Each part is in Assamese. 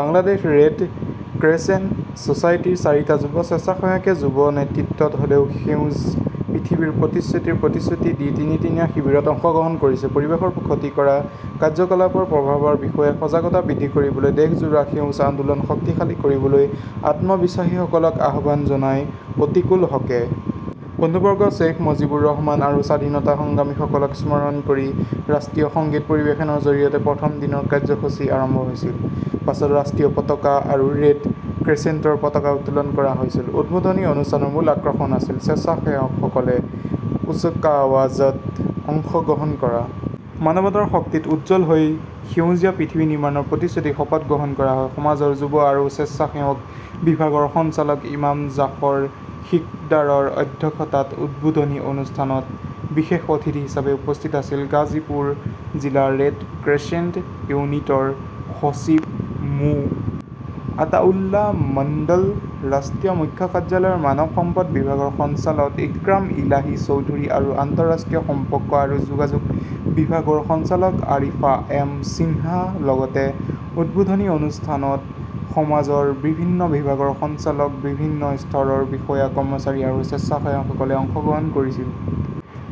বাংলাদেশ ৰেড ক্ৰেচেণ্ট ছ'চাইটিৰ চাৰিটা যুৱ স্বেচ্ছাসেৱকে "যুৱ নেতৃত্ব হ'লেও সেউজ পৃথিৱীৰ প্ৰতিশ্ৰুতি"ৰ প্ৰতিশ্ৰুতি দি তিনিদিনীয়া শিবিৰত অংশগ্ৰহণ কৰিছে। পৰিৱেশৰ ক্ষতি কৰা কাৰ্যকলাপৰ প্ৰভাৱৰ বিষয়ে সজাগতা বৃদ্ধি কৰিবলৈ দেশজোৰা সেউজ আন্দোলন শক্তিশালী কৰিবলৈ আত্মবিশ্বাসীসকলক আহ্বান জনায় অতীকুল হ'কে । বংগবন্ধু শ্বেইখ মুজিবুৰ ৰহমান আৰু স্বাধীনতা সংগ্ৰামীসকলক স্মৰণ কৰি ৰাষ্ট্ৰীয় সংগীত পৰিৱেশনৰ জৰিয়তে প্ৰথম দিনৰ কাৰ্যসূচী আৰম্ভ হৈছিল। পাছত ৰাষ্ট্ৰীয় পতাকা আৰু ৰেড ক্ৰেচেণ্টৰ পতাকা উত্তোলন কৰা হৈছিল। উদ্বোধনী অনুষ্ঠানৰ মূল আকৰ্ষণ আছিল স্বেচ্ছাসেৱকসকলে কুচকাৱাজত অংশগ্ৰহণ কৰা। মানৱতাৰ শক্তিত উজ্জ্বল হৈ সেউজীয়া পৃথিৱী নিৰ্মাণৰ প্ৰতিশ্ৰুতিত শপত গ্ৰহণ কৰা হয়। সমাজৰ যুৱ আৰু স্বেচ্ছাসেৱক বিভাগৰ সঞ্চালক ইমাম জাফৰ সিকদাৰৰ অধ্যক্ষতাত উদ্বোধনী অনুষ্ঠানত বিশেষ অতিথি হিচাপে উপস্থিত আছিল গাজীপুৰ জিলা ৰেড ক্ৰেচেণ্ট ইউনিটৰ সচিব মো. আতাউল্লা মণ্ডল, ৰাষ্ট্ৰীয় মুখ্য কাৰ্যালয়ৰ মানৱ সম্পদ বিভাগৰ সঞ্চালক ইক্ৰাম ইলাহি চৌধুৰী আৰু আন্তঃৰাষ্ট্ৰীয় সম্পৰ্ক আৰু যোগাযোগ বিভাগৰ সঞ্চালক আৰিফা এম সিনহা। লগতে উদ্বোধনী অনুষ্ঠানত সমাজৰ বিভিন্ন বিভাগৰ সঞ্চালক, বিভিন্ন স্তৰৰ বিষয়া-কৰ্মচাৰী আৰু স্বেচ্ছাসেৱকসকলে অংশগ্ৰহণ কৰিছিল।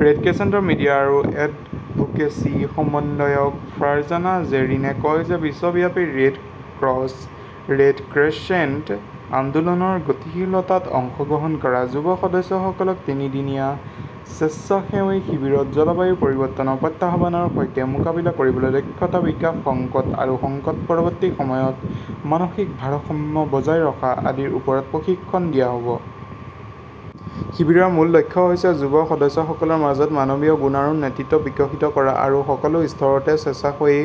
ৰেড ক্ৰেচেণ্টৰ মিডিয়া আৰু এডভোকেচি সমন্বয়ক ফাৰ্জানা জেৰিনে কয় যে বিশ্বব্যাপী ৰেড ক্ৰছ ৰেড ক্ৰেচেণ্ট আন্দোলনৰ গতিশীলতাত অংশগ্ৰহণ কৰা যুৱ সদস্যসকলক তিনিদিনীয়া স্বেচ্ছাসেৱী শিবিৰত জলবায়ু পৰিৱৰ্তনৰ প্ৰত্যাহ্বানৰ সৈতে মোকাবিলা কৰিবলৈ দক্ষতা বিকাশ, সংকট আৰু সংকট-পৰৱৰ্তী সময়ত মানসিক ভাৰসাম্য বজাই ৰখা আদিৰ ওপৰত প্ৰশিক্ষণ দিয়া হ'ব । শিবিৰৰ মূল লক্ষ্য হৈছে যুৱ সদস্যসকলৰ মাজত মানৱীয় গুণ আৰু নেতৃত্ব বিকশিত কৰা আৰু সকলো স্তৰতে স্বেচ্ছাসেৱী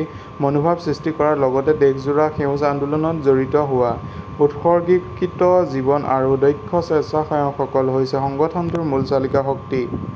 মনোভাৱ সৃষ্টি কৰাৰ লগতে দেশজোৰা সেউজ আন্দোলনত জড়িত হোৱা। উৎসৰ্গীকৃত জীৱন আৰু দক্ষ স্বেচ্ছাসেৱকসকল হৈছে সংগঠনটোৰ মূল চালিকা শক্তি।